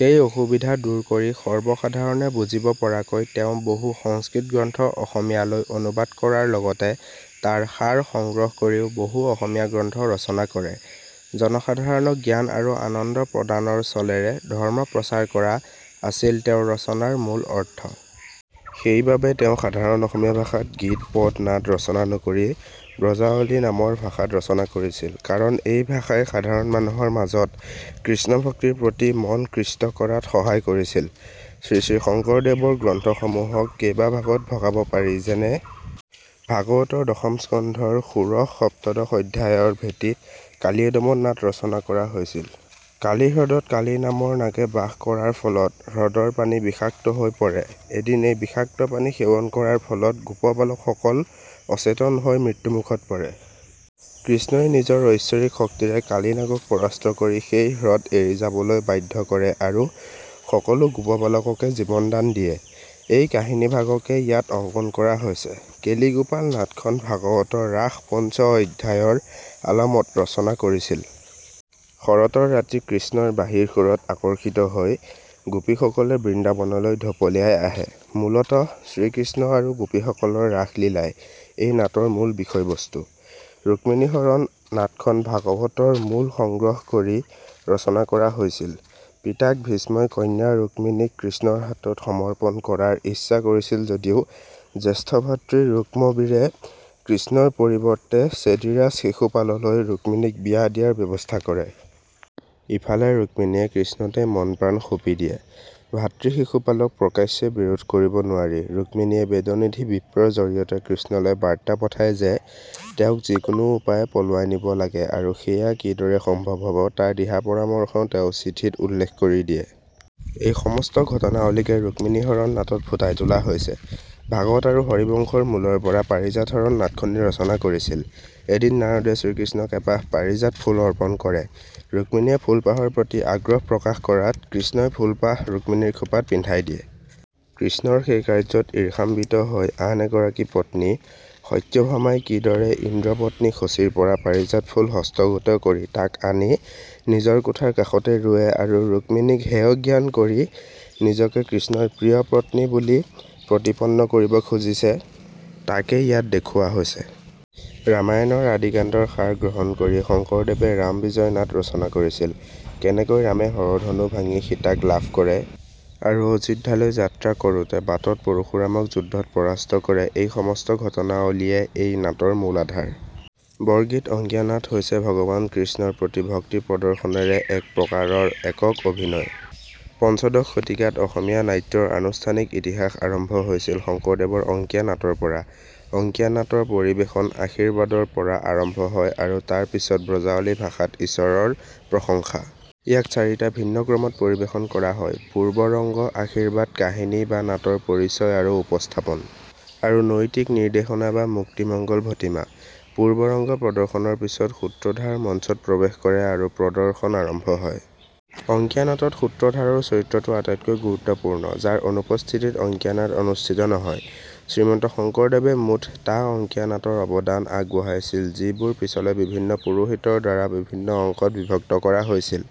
সেই অসুবিধা দুৰ কৰি সৰ্বসাধাৰণে বুজিব পৰাকৈ তেওঁ বহু সংস্কৃত গ্ৰন্থ অসমীয়ালৈ অনুবাদ কৰাৰ লগতে তাৰ সাৰ সংগ্ৰহ কৰিও বহু অসমীয়া গ্ৰন্থ ৰচনা কৰে। জনসাধাৰণক জ্ঞান আৰু আনন্দ প্ৰদানৰ চলেৰে ধৰ্ম প্ৰচাৰ কৰা, আছিল তেওঁৰ ৰচনাৰ মূল অৰ্থ। সেইবাবে তেওঁ সাধাৰণ অসমীয়া ভাষাত গীত, পদ, নাট, ৰচনা নকৰি ' ব্ৰজাৱলী ' নামৰ ভাষাত ৰচনা কৰিছিল। কাৰণ এই ভাষাই সাধাৰণ মানুহৰ মাজত কৃষ্ণভক্তিৰ প্ৰতি মন কৃষ্ট কৰাত সহায় কৰিছিল। শ্ৰীশ্ৰী শঙ্কৰদেৱৰ গ্ৰন্থসমূহক কেইবা ভাগত ভগাব পাৰি, যেনে :। ভাগৱতৰ দশম স্কন্ধৰ ষোড়শ-সপ্তদশ অধ্যায়ৰ ভেটিত কালিয়দমন নাট ৰচনা কৰা হৈছিল। কালি হ্ৰদত কালি নামৰ নাগে বাস কৰাৰ ফলত হ্ৰদৰ পানী বিষাক্ত হৈ পৰে। এদিন এই বিষাক্ত পানী সেৱন কৰাৰ ফলত গোপবালক সকল অচেতন হৈ মৃত্যুমুখত পৰে। কৃষ্ণই নিজৰ ঐশ্বৰিক শক্তিৰে কালি নাগক পৰাস্ত কৰি সেই হ্ৰদ এৰি যাবলৈ বাধ্য কৰে আৰু সকলো গোপবালককে জীৱন দান দিয়ে। এই কাহিনীভাগকেই ইয়াত অংকন কৰা হৈছে। কেলিগোপাল নাটখন ভাগৱতৰ ৰাস পঞ্চ অধ্যায়ৰ আলমত ৰচনা কৰিছিল। শৰতৰ ৰাতি কৃষ্ণৰ বাঁহীৰ সুৰত আকৰ্ষিত হৈ গোপীসকলে বৃন্দাবনলৈ ঢপলিয়াই আহে। মূলতঃ শ্ৰীকৃষ্ণ আৰু গোপীসকলৰ ৰাসলীলাই এই নাটৰ মূল বিষয়বস্তু। ৰুক্মিণী হৰণ নাটখন ভাগৱতৰ মূল সংগ্ৰহ কৰি ৰচনা কৰা হৈছিল। পিতাক ভীষ্মই কন্যা ৰুক্মীণীক কৃষ্ণৰ হাতত সমৰ্পণ কৰাৰ ইচ্ছা কৰিছিল যদিও জ্যেষ্ঠ ভাতৃ ৰুক্মবীৰে কৃষ্ণৰ পৰিৱৰ্তে ছেদীৰাজ শিশুপাললৈ ৰুক্মীণীক বিয়া দিয়াৰ ব্যৱস্থা কৰে। ইফালে ৰুক্মীণীয়ে কৃষ্ণতেই মন প্ৰাণ সঁপি দিয়ে। ভাতৃ শিশুপালক প্ৰকাশ্যে বিৰোধ কৰিব নোৱাৰি ৰুক্মীণীয়ে বেদনিধি বিপ্ৰৰ জৰিয়তে কৃষ্ণলৈ বাৰ্তা পঠায় যে তেওঁক যিকোনো উপায়ে পলুৱাই নিব লাগে আৰু সেইয়া কিদৰে সম্ভৱ হ'ব তাৰ দিহা পৰামৰ্শও তেওঁ চিঠিত উল্লেখ কৰি দিয়ে। এই সমস্ত ঘটনাৱলীকে ৰুক্মীণী হৰণ নাটত ফুটাই তোলা হৈছে। ভাগৱত আৰু হৰিবংশৰ মূলৰ পৰা পাৰিজাত হৰণ নাটখনি ৰচনা কৰিছিল। এদিন নাৰদে শ্ৰীকৃষ্ণক এপাহ পাৰিজাত ফুল অৰ্পণ কৰে। ৰুক্মীণীয়ে ফুলপাহৰ প্ৰতি আগ্ৰহ প্ৰকাশ কৰাত কৃষ্ণই ফুলপাহ ৰুক্মীণীৰ খোপাত পিন্ধাই দিয়ে। কৃষ্ণৰ সেই কাৰ্য্যত ইৰ্ষাম্বিত হৈ আন এগৰাকী পত্নী সত্যভামাই কিদৰে ইন্দ্ৰপত্নী শচীৰ পৰা পাৰিজাত ফুল হস্তগত কৰি তাক আনি নিজৰ কোঠাৰ কাষতে ৰুৱে আৰু ৰুক্মীণীক হেয় জ্ঞান কৰি নিজকে কৃষ্ণৰ প্ৰিয় পত্নী বুলি প্ৰতিপন্ন কৰিব খুজিছে তাকেই ইয়াত দেখুওৱা হৈছে। ৰামায়ণ ৰ আদিকাণ্ডৰ সাৰ গ্ৰহণ কৰি শঙ্কৰদেৱে ৰাম বিজয় নাট ৰচনা কৰিছিল। কেনেকৈ ৰামে হৰধনু ভাঙি সীতাক লাভ কৰে আৰু অযোধ্যালৈ যাত্ৰা কৰোঁতে বাটত পৰশুৰামক যুদ্ধত পৰাস্ত কৰে এই সমস্ত ঘটনাৱলীয়ে এই নাটৰ মূল আধাৰ। বৰগীত অংকীয়া নাট হৈছে ভগৱান কৃষ্ণৰ প্ৰতি ভক্তি প্ৰদৰ্শনেৰে এক প্ৰকাৰৰ একক-অভিনয়। পঞ্চদশ শতিকাত অসমীয়া নাট্যৰ আনুষ্ঠানিক ইতিহাস আৰম্ভ হৈছিল শংকৰদেৱৰ অংকীয়া নাট ৰ পৰা। অংকীয়া নাট ৰ পৰিবেশন আশীৰ্বাদৰ পৰা আৰম্ভ হয় আৰু তাৰ পিছত ব্ৰজাৱলী ভাষা ত ঈশ্বৰৰ প্ৰশংসা। ইয়াক চাৰিটা ভিন্ন ক্ৰমত পৰিবেশন কৰা হয় পূৰ্বৰঙ্গ', আশীৰ্বাদ, কাহিনী বা নাটৰ পৰিচয় আৰু উপস্থাপন, আৰু নৈতিক নিৰ্দেশনা বা মুক্তি মংগল ভাটিমা। পূৰ্বৰঙ্গ প্ৰদৰ্শনৰ পিছত, সূত্ৰধাৰ মঞ্চত প্ৰৱেশ কৰে আৰু প্ৰদৰ্শন আৰম্ভ হয়। অংকীয়া নাট ত সূত্ৰধাৰৰ চৰিত্ৰটো আটাইতকৈ গুৰুত্বপূৰ্ণ, যাৰ অনুপস্থিতিত অংকীয়া নাট অনুষ্ঠিত নহয়। শ্ৰীমন্ত সংকৰদেৱে মুঠ টা অংকীয়া নাট ৰ অৱদান আগবঢ়াইছিল যিবোৰ পিছলৈ বিভিন্ন পুৰোহিতৰ দ্বাৰা বিভিন্ন অংশত বিভক্ত কৰা হৈছিল।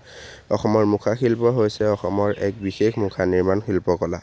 অসমৰ মুখা শিল্প হৈছে অসমৰ এক বিশেষ মুখা নিৰ্মাণ শিল্পকলা।